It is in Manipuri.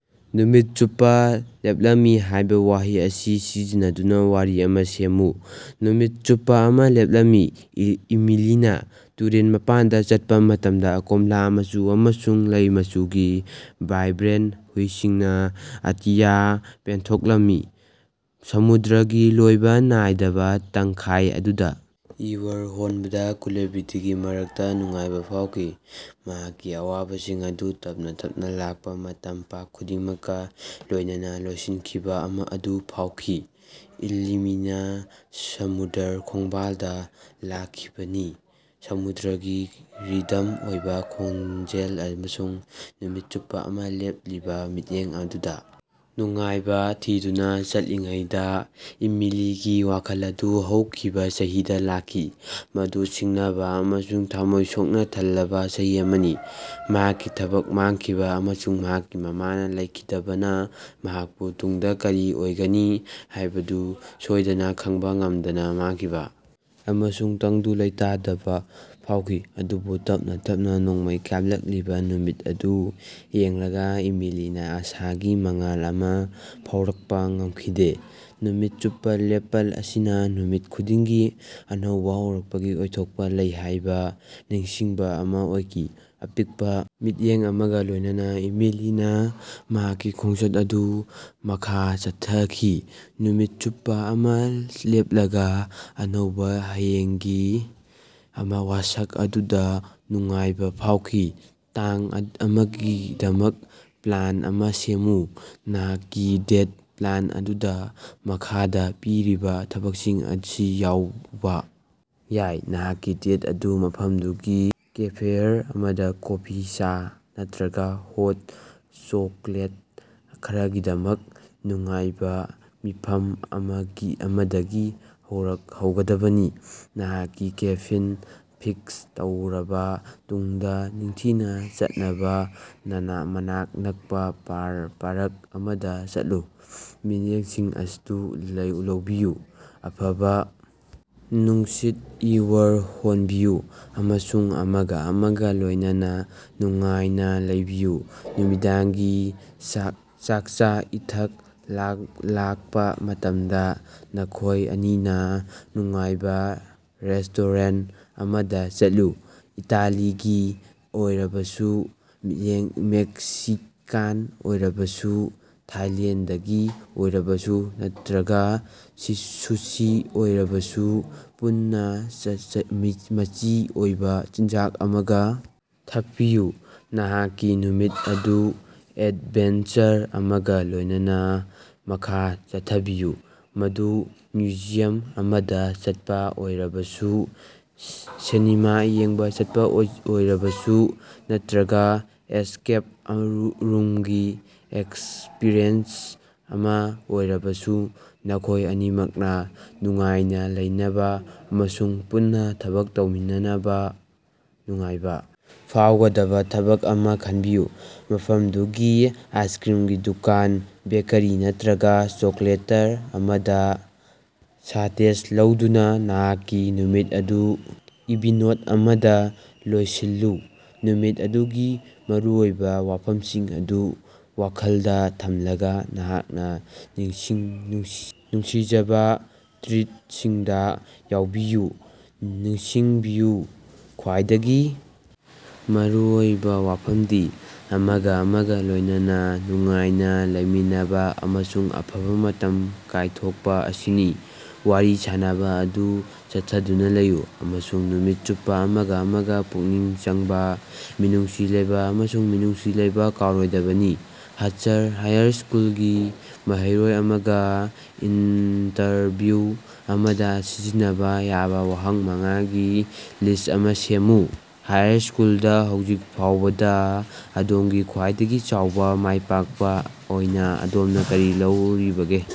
ꯅꯨꯃꯤꯠ ꯆꯨꯞꯄ ꯂꯦꯞꯂꯝꯃꯤ ꯍꯥꯏꯕ ꯋꯥꯍꯩ ꯑꯁꯤ ꯁꯤꯖꯤꯟꯅꯗꯨꯅ ꯋꯥꯔꯤ ꯑꯃ ꯁꯦꯝꯃꯨ꯫ ꯅꯨꯃꯤꯠ ꯆꯨꯞꯄ ꯑꯃ ꯂꯦꯞꯂꯝꯃꯤ, ꯏꯃꯤꯂꯤꯅ ꯇꯨꯔꯦꯜ ꯃꯄꯥꯟꯗ ꯆꯠꯄ ꯃꯇꯝꯗ ꯀꯣꯝꯂꯥ ꯃꯆꯨ ꯑꯃꯁꯨꯡ ꯂꯩ ꯃꯆꯨꯒꯤ ꯋꯥꯏꯕ꯭ꯔꯦꯟ ꯍꯨꯏꯁꯤꯡꯅ ꯑꯇꯤꯌꯥꯗ ꯄꯦꯟꯊꯣꯛꯂꯝꯃꯤ꯫ ꯁꯃꯨꯗ꯭ꯔꯒꯤ ꯂꯣꯏꯕ ꯅꯥꯏꯗꯕ ꯇꯪꯈꯥꯏ ꯑꯗꯨꯗ ꯌꯨꯋꯔ ꯍꯣꯟꯕꯗ ꯀꯨꯂꯕꯇꯤꯒꯤ ꯃꯔꯛꯇ ꯅꯨꯡꯉꯥꯏꯕ ꯐꯥꯎꯈꯤ, ꯃꯍꯥꯛꯀꯤ ꯑꯋꯥꯕꯁꯤꯡ ꯑꯗꯨ ꯇꯞꯅ ꯇꯞꯅ ꯂꯥꯛꯄ ꯇꯝꯄꯥꯛ ꯈꯨꯗꯤꯡꯃꯛꯀ ꯂꯣꯏꯅꯅ ꯂꯣꯏꯁꯤꯟꯈꯤꯕ ꯑꯗꯨ ꯐꯥꯎꯈꯤ꯫ ꯏꯃꯤꯂꯤꯅ ꯁꯃꯨꯗ꯭ꯔ ꯈꯣꯡꯕꯥꯜꯗ ꯂꯥꯛꯈꯤꯕꯅꯤ, ꯁꯃꯨꯗ꯭ꯔꯒꯤ ꯔꯤꯗꯝ ꯑꯣꯏꯕ ꯈꯣꯟꯖꯦꯜ ꯑꯃꯁꯨꯡ ꯅꯨꯃꯤꯠ ꯆꯨꯞꯄ ꯑꯃ ꯂꯦꯞꯂꯤꯕ ꯃꯤꯠꯌꯦꯡ ꯑꯗꯨꯗ ꯅꯨꯡꯉꯥꯏꯕ ꯊꯤꯗꯨꯅ꯫ ꯆꯠꯂꯤꯉꯩꯗ ꯏꯃꯤꯂꯤꯒꯤ ꯋꯥꯈꯜ ꯑꯗꯨ ꯍꯧꯈꯤꯕ ꯆꯍꯤꯗ ꯂꯥꯛꯈꯤ, ꯃꯗꯨ ꯁꯤꯡꯅꯕ ꯑꯃꯁꯨꯡ ꯊꯝꯃꯣꯏ ꯁꯣꯛꯅ ꯊꯜꯂꯕ ꯆꯍꯤ ꯑꯃꯅꯤ꯫ ꯃꯍꯥꯛꯀꯤ ꯊꯕꯛ ꯃꯥꯡꯈꯤꯕ ꯑꯃꯁꯨꯡ ꯃꯍꯥꯛꯀꯤ ꯃꯃꯥꯅ ꯂꯩꯈꯤꯗꯕꯅ ꯃꯍꯥꯛꯄꯨ ꯇꯨꯡꯗ ꯀꯔꯤ ꯑꯣꯏꯒꯅꯤ ꯍꯥꯏꯕꯗꯨ ꯁꯣꯏꯗꯅ ꯈꯪꯕ ꯉꯝꯗꯅ ꯃꯥꯥꯡꯈꯤꯕ ꯑꯃꯁꯨꯡ ꯇꯪꯗꯨ ꯂꯩꯇꯥꯗꯕ ꯐꯥꯎꯈꯤ꯫ ꯑꯗꯨꯕꯨ ꯇꯞꯅ ꯇꯞꯅ ꯅꯣꯡꯃꯩ ꯀꯥꯞꯂꯛꯂꯤꯕ ꯅꯨꯃꯤꯠ ꯑꯗꯨ ꯌꯦꯡꯂꯒ ꯏꯃꯤꯂꯤꯅ ꯑꯥꯁꯥꯒꯤ ꯃꯉꯥꯜ ꯑꯃ ꯐꯥꯎꯔꯛꯄ ꯉꯝꯈꯤꯗꯦ꯫ ꯅꯨꯃꯤꯠ ꯆꯨꯞꯄ ꯂꯦꯞꯄ ꯑꯁꯤꯅ ꯅꯨꯃꯤꯠ ꯈꯨꯗꯤꯡꯒꯤ ꯑꯅꯧꯕ ꯍꯧꯔꯛꯄꯒꯤ ꯑꯣꯏꯊꯣꯛꯄ ꯂꯩ ꯍꯥꯏꯕ ꯅꯤꯡꯁꯤꯡꯕ ꯑꯃ ꯑꯣꯏꯈꯤ꯫ ꯑꯄꯤꯛꯄ ꯃꯤꯠꯌꯦꯡ ꯑꯃꯒ ꯂꯣꯏꯅꯅ ꯏꯃꯤꯂꯤꯅ ꯃꯍꯥꯛꯀꯤ ꯈꯣꯡꯆꯠ ꯑꯗꯨ ꯃꯈꯥ ꯆꯠꯊꯈꯤ, ꯅꯨꯃꯤꯠ ꯆꯨꯞꯄ ꯑꯃ ꯂꯦꯞꯂꯒ ꯑꯅꯧꯕ ꯍꯌꯦꯡꯒꯤ ꯋꯥꯁꯛ ꯑꯗꯨꯗ ꯅꯨꯡꯉꯥꯏꯕ ꯐꯥꯎꯈꯤ꯫ ꯇꯥꯡ ꯑꯃꯒꯤꯗꯃꯛ ꯄ꯭ꯂꯥꯟ ꯑꯃ ꯁꯦꯝꯃꯨ꯫ ꯅꯍꯥꯛꯀꯤ ꯗꯦꯠ ꯄ꯭ꯂꯥꯟ ꯑꯗꯨꯗ ꯃꯈꯥꯗ ꯄꯤꯔꯤꯕ ꯊꯕꯛꯁꯤꯡ ꯑꯁꯤ ꯌꯥꯎꯕ ꯌꯥꯏ: ꯅꯍꯥꯛꯀꯤ ꯗꯦꯠ ꯑꯗꯨ ꯃꯐꯝꯗꯨꯒꯤ ꯀꯦꯐꯦꯌꯔ ꯑꯃꯗ ꯀꯣꯐꯤ, ꯆꯥ ꯅꯠꯇ꯭ꯔꯒ ꯍꯣꯠ ꯆꯣꯀꯣꯂꯦꯠ ꯈꯔꯒꯤꯗꯃꯛ ꯅꯨꯡꯉꯥꯏꯕ ꯃꯤꯐꯝ ꯑꯃꯗꯒꯤ ꯍꯧꯒꯗꯕꯅꯤ꯫ ꯅꯍꯥꯛꯀꯤ ꯀꯦꯐꯤꯟ ꯐꯤꯛꯁ ꯇꯧꯔꯕ ꯃꯇꯨꯡꯗ, ꯅꯤꯡꯊꯤꯅ ꯆꯠꯅꯕ ꯃꯅꯥꯛ ꯅꯛꯄ ꯄꯥꯔꯛ ꯑꯃꯗ ꯆꯠꯂꯨ꯫ ꯃꯤꯠꯌꯦꯡꯁꯤꯡ ꯑꯗꯨ ꯂꯧꯕꯤꯌꯨ, ꯑꯐꯕ ꯅꯨꯡꯁꯤꯠꯇ ꯁ꯭ꯋꯔ ꯍꯣꯟꯕꯤꯌꯨ ꯑꯃꯁꯨꯡ ꯑꯃꯒ ꯑꯃꯒ ꯂꯣꯏꯅꯅ ꯅꯨꯡꯉꯥꯏꯅ ꯂꯩꯕꯤꯌꯨ꯫ ꯅꯨꯃꯤꯗꯥꯡꯒꯤ ꯆꯥꯛꯆꯥ-ꯏꯊꯛ ꯂꯥꯛꯄ ꯃꯇꯝꯗ, ꯅꯈꯣꯏ ꯑꯅꯤꯅ ꯅꯨꯡꯉꯥꯏꯕ ꯔꯦꯁꯇꯣꯔꯦꯟꯠ ꯑꯃꯗ ꯆꯠꯂꯨ꯫ ꯏꯇꯥꯂꯤꯒꯤ ꯑꯣꯏꯔꯕꯁꯨ, ꯃꯦꯛꯁꯤꯀꯥꯟ ꯑꯣꯏꯔꯕꯁꯨ, ꯊꯥꯏꯂꯦꯟꯗꯒꯤ ꯑꯣꯏꯔꯕꯁꯨ, ꯅꯠꯇ꯭ꯔꯒ ꯁꯨꯁꯤ ꯑꯣꯏꯔꯕꯁꯨ, ꯄꯨꯟꯅ ꯃꯆꯤ ꯑꯣꯏꯕ ꯆꯤꯟꯖꯥꯛ ꯑꯃ ꯊꯛꯄꯤꯌꯨ꯫ ꯅꯍꯥꯛꯀꯤ ꯅꯨꯃꯤꯠ ꯑꯗꯨ ꯑꯦꯗꯚꯦꯟꯆꯔ ꯑꯃꯒ ꯂꯣꯏꯅꯅ ꯃꯈꯥ ꯆꯠꯊꯕꯤꯌꯨ, ꯃꯗꯨ ꯃ꯭ꯌꯨꯖꯤꯌꯝ ꯑꯃꯗ ꯆꯠꯄ ꯑꯣꯏꯔꯕꯁꯨ, ꯁꯤꯅꯦꯃꯥ ꯌꯦꯡꯅꯕ ꯆꯠꯄ ꯑꯣꯏꯔꯕꯁꯨ ꯅꯠꯇ꯭ꯔꯒ ꯑꯦꯁꯀꯦꯞ ꯔꯨꯝꯒꯤ ꯑꯦꯛꯁꯄꯔꯤꯌꯦꯟꯁ ꯑꯃ ꯑꯣꯏꯔꯕꯁꯨ꯫ ꯅꯈꯣꯏ ꯑꯅꯤꯃꯛꯅ ꯅꯨꯡꯉꯥꯏꯅ ꯂꯩꯅꯕ ꯑꯃꯁꯨꯡ ꯄꯨꯟꯅ ꯊꯕꯛ ꯇꯧꯃꯤꯟꯅꯅꯕ ꯅꯨꯡꯉꯥꯏꯕ ꯐꯥꯎꯒꯗꯕ ꯊꯕꯛ ꯑꯃ ꯈꯟꯕꯤꯌꯨ꯫ ꯃꯐꯝꯗꯨꯒꯤ ꯑꯥꯏꯁꯀ꯭ꯔꯤꯝꯒꯤ ꯗꯨꯀꯥꯟ, ꯕꯦꯀꯔꯤ ꯅꯠꯇ꯭ꯔꯒ ꯆꯣꯀꯣꯂꯦꯇꯔ ꯑꯃꯗ ꯁꯥꯗꯦꯁ ꯂꯧꯗꯨꯅ ꯅꯍꯥꯛꯀꯤ ꯅꯨꯃꯤꯠ ꯑꯗꯨ ꯁ꯭ꯕꯤꯠ ꯅꯣꯠ ꯑꯃꯗ ꯂꯣꯏꯁꯤꯜꯂꯨ꯫ ꯅꯨꯃꯤꯠ ꯑꯗꯨꯒꯤ ꯃꯔꯨꯑꯣꯏꯕ ꯋꯥꯐꯝꯁꯤꯡ ꯑꯗꯨ ꯋꯥꯈꯜꯗ ꯊꯝꯂꯒ ꯅꯍꯥꯛꯅ ꯅꯨꯡꯁꯤꯖꯕ ꯇ꯭ꯔꯤꯠꯁꯤꯡꯗ ꯌꯥꯎꯕꯤꯌꯨ꯫ ꯅꯤꯡꯁꯤꯡꯕꯤꯌꯨ, ꯈ꯭ꯋꯥꯏꯗꯒꯤ ꯃꯔꯨ ꯑꯣꯏꯕ ꯋꯥꯐꯝꯗꯤ ꯑꯃꯒ ꯑꯃꯒ ꯂꯣꯏꯅꯅ ꯅꯨꯡꯉꯥꯏꯅ ꯂꯩꯃꯤꯟꯅꯕ ꯑꯃꯁꯨꯡ ꯑꯐꯕ ꯃꯇꯝ ꯀꯥꯏꯊꯣꯛꯄ ꯑꯁꯤꯅꯤ꯫ ꯋꯥꯔꯤ ꯁꯥꯅꯕ ꯑꯗꯨ ꯆꯠꯊꯗꯨꯅ ꯂꯩꯌꯨ ꯑꯃꯁꯨꯡ ꯅꯨꯃꯤꯠ ꯆꯨꯞꯄ ꯑꯃꯒ ꯑꯃꯒ ꯄꯨꯛꯅꯤꯡ ꯆꯪꯕ, ꯃꯤꯅꯨꯡꯁꯤ ꯂꯩꯕ ꯑꯃꯁꯨꯡ ꯃꯤꯅꯨꯡꯁꯤ ꯂꯩꯕ ꯀꯥꯎꯔꯣꯏꯗꯕꯅꯤ꯫ ꯍꯥꯌꯔ ꯁ꯭ꯀꯨꯜꯒꯤ ꯃꯍꯩꯔꯣꯏ ꯑꯃꯒ ꯏꯟꯇꯔꯚꯤꯎ ꯑꯃꯗ ꯁꯤꯖꯤꯟꯅꯕ ꯌꯥꯕ ꯋꯥꯍꯪ ꯃꯉꯥꯒꯤ ꯂꯤꯁ꯭ꯠ ꯑꯃ ꯁꯦꯝꯃꯨ꯫ ꯍꯥꯏꯁ꯭ꯀꯜꯗ ꯍꯧꯖꯤꯛ ꯐꯥꯎꯕꯗ ꯑꯗꯣꯝꯒꯤ ꯈ꯭ꯋꯥꯏꯗꯒꯤ ꯆꯥꯎꯕ ꯃꯥꯏꯄꯥꯛꯄ ꯑꯣꯏꯅ ꯑꯗꯣꯝꯅ ꯀꯔꯤ ꯂꯧꯔꯤꯕꯒꯦ?